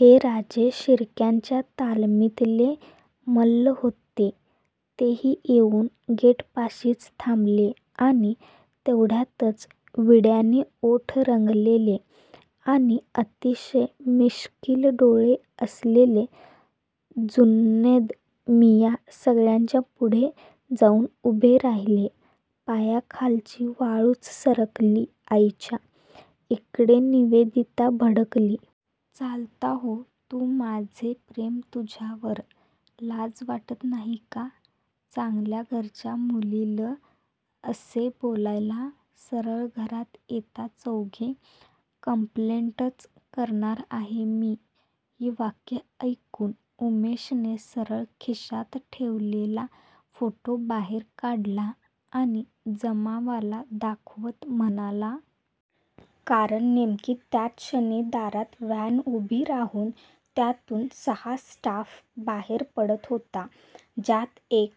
हे राजे शिर्क्यांच्या तालमीतले मल्ल होते. तेही येऊन गेटपाशीच थांबले आणि तेवढ्यातच विड्याने ओठ रंगलेले आणि अतिशय मिश्कील डोळे असलेले जुनैद मियाँ सगळ्यांच्या पुढे जाऊन उभे राहिले. पायाखालची वाळूच सरकली आईंच्या! इकडे निवेदिता भडकली. चालता हो तू माझे प्रेम तुझ्यावर? लाज वाटत नाही का चांगल्या घरच्या मुलील असे बोलायला सरळ घरात येता चौघे? कंप्लेन्टच करणार आहे मी ही वाक्ये ऐकून उमेशने सरळ खिशात ठेवलेला फोटो बाहेर काढला आणि जमावाला दाखवत म्हणाला. कारण नेमकी त्याच क्षणी दारात व्हॅन उभी राहून त्यातून सहा स्टाफ बाहेर पडत होता ज्यात एक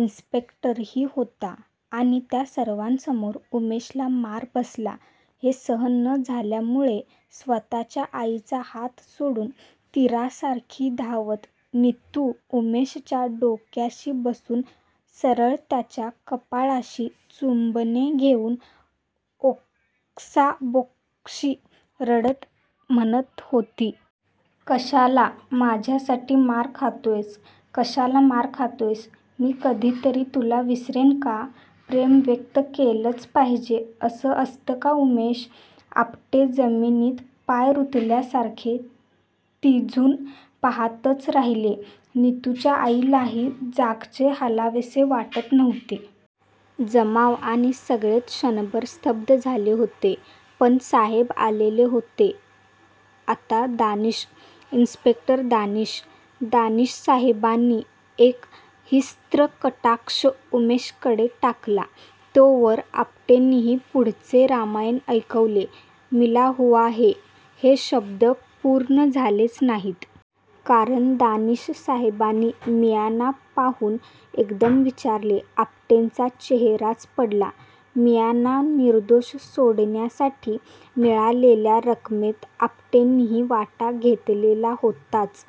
इन्स्पेक्टरही होता आणि त्या सर्वांसमोर उमेशला मार बसला हे सहन न झाल्यामुळे स्वतःच्या आईचा हात सोडून तीरासारखी धावत नितु उमेशच्या डोक्याशी बसून सरळ त्याच्या कपाळाची चुंबने घेऊन ओक्साबोक्शी रडत म्हणत होती. कशाला माझ्यासाठी मार खातोयस? कशाला मार खातोयस? मी कधीतरी तुला विसरेन का? प्रेम व्यक्त केलंच पाहिजे असं असतं का उमेश? आपटे जमीनीत पाय रुतल्यासारखे थिजून पाहातच राहिले. नितुच्या आईलाही जागचे हालावेसे वाटत नव्हते. जमाव आणि सगळेच क्षणभर स्तब्ध झाले होते. पण साहेब आलेले होते आता! दानिश! इन्स्पेक्टर दानिश! दानिशसाहेबांनी एक हिंस्त्र कटाक्ष उमेशकडे टाकला. तोवर आपटेंनी पुढचे रामायण ऐकवले. 'मिला हुवा है' हे शब्द पूर्ण झालेच नाहीत. कारण दानिशसाहेबांनी मियाँना पाहून एकदम विचारले. आपटेंचा चेहराच पडला. मियाँना निर्दोष सोडण्यासाठी मिळालेल्या रकमेत आपटेंनीही वाटा घेतलेला होताच!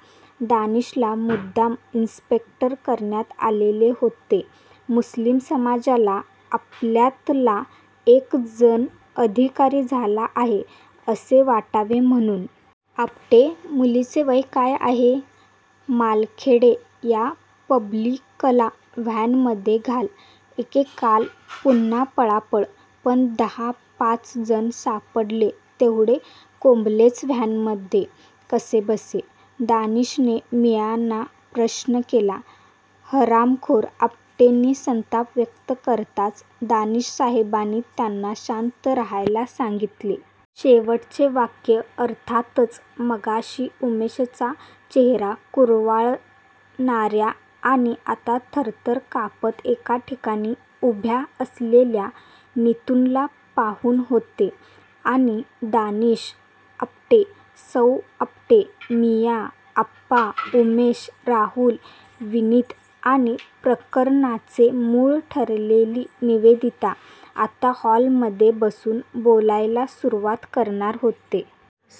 दानिशला मुद्दाम इन्स्पेक्टर करण्यात आलेले होते. मुस्लिम समाजाला आपल्यातला एक जण अधिकारी झाला आहे असे वाटावे म्हणून! आपटे. मुलीचं वय काय आहे? मालखेडे या पब्लिकला व्हॅनमध्ये घाल एकेकाल पुन्हा पळापळ! पण दहा पाच जण सापडले तेवढे कोंबलेच व्हॅनमध्ये कसेबसे! दानिशने मियाँना प्रश्न केला. हरामखोर आपटेंनी संताप व्यक्त करताच दानिशसाहेबांनी त्यांना शांत राहायला सांगितले. शेवटचे वाक्य अर्थातच मगाशी उमेशचा चेहरा कुरवाळणार्या आणि आता थरथर कापत एका ठिकाणी उभ्या असलेल्या नितुला पाहून होते आणि दानिश, आपटे, सौ. आपटे, मियाँ, आप्पा, उमेश, राहुल, विनीत आणि प्रकरनाचे मूळ ठरलेली निवेदिता आता हॉलमध्ये बसून बोलायला सुरुवात करणार होते.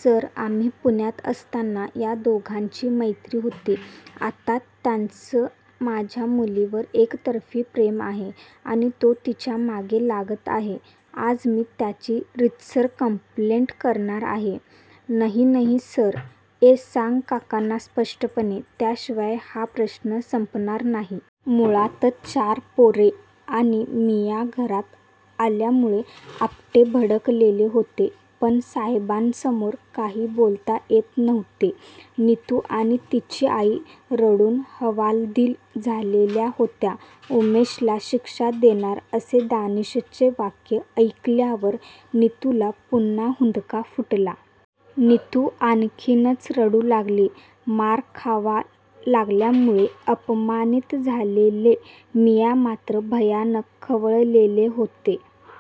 सर आम्ही पुण्यात असताना या दोघांची मैत्री होती. आता त्याचं माझ्या मुलीवर एकतर्फी प्रेम आहे आणि तो तिच्या मागे लागत आहे. आज मी त्याची रीतसर कंप्लेन्ट करणार आहे. नही नही सर ए सांग काकांना स्पष्टपणे त्याशिवाय हा प्रश्न संपणार नाही. मुळातच चार पोरे आणि मियाँ घरात आल्यामुळे आपटे भडकलेले होते पण साहेबांसमोर काही बोलता येत नव्हते. नितु आणि तिची आई रडून हवालदिल झालेल्या होत्या. उमेशला शिक्षा देणार असे दानिशचे वाक्य ऐकल्यावर नितुला पुन्हा हुंदका फुटला. नितु आणखीनच रडू लागली. मार खावा लागल्यामुळे अपमानीत झालेले मियाँ मात्र भयानक खवळलेले होते.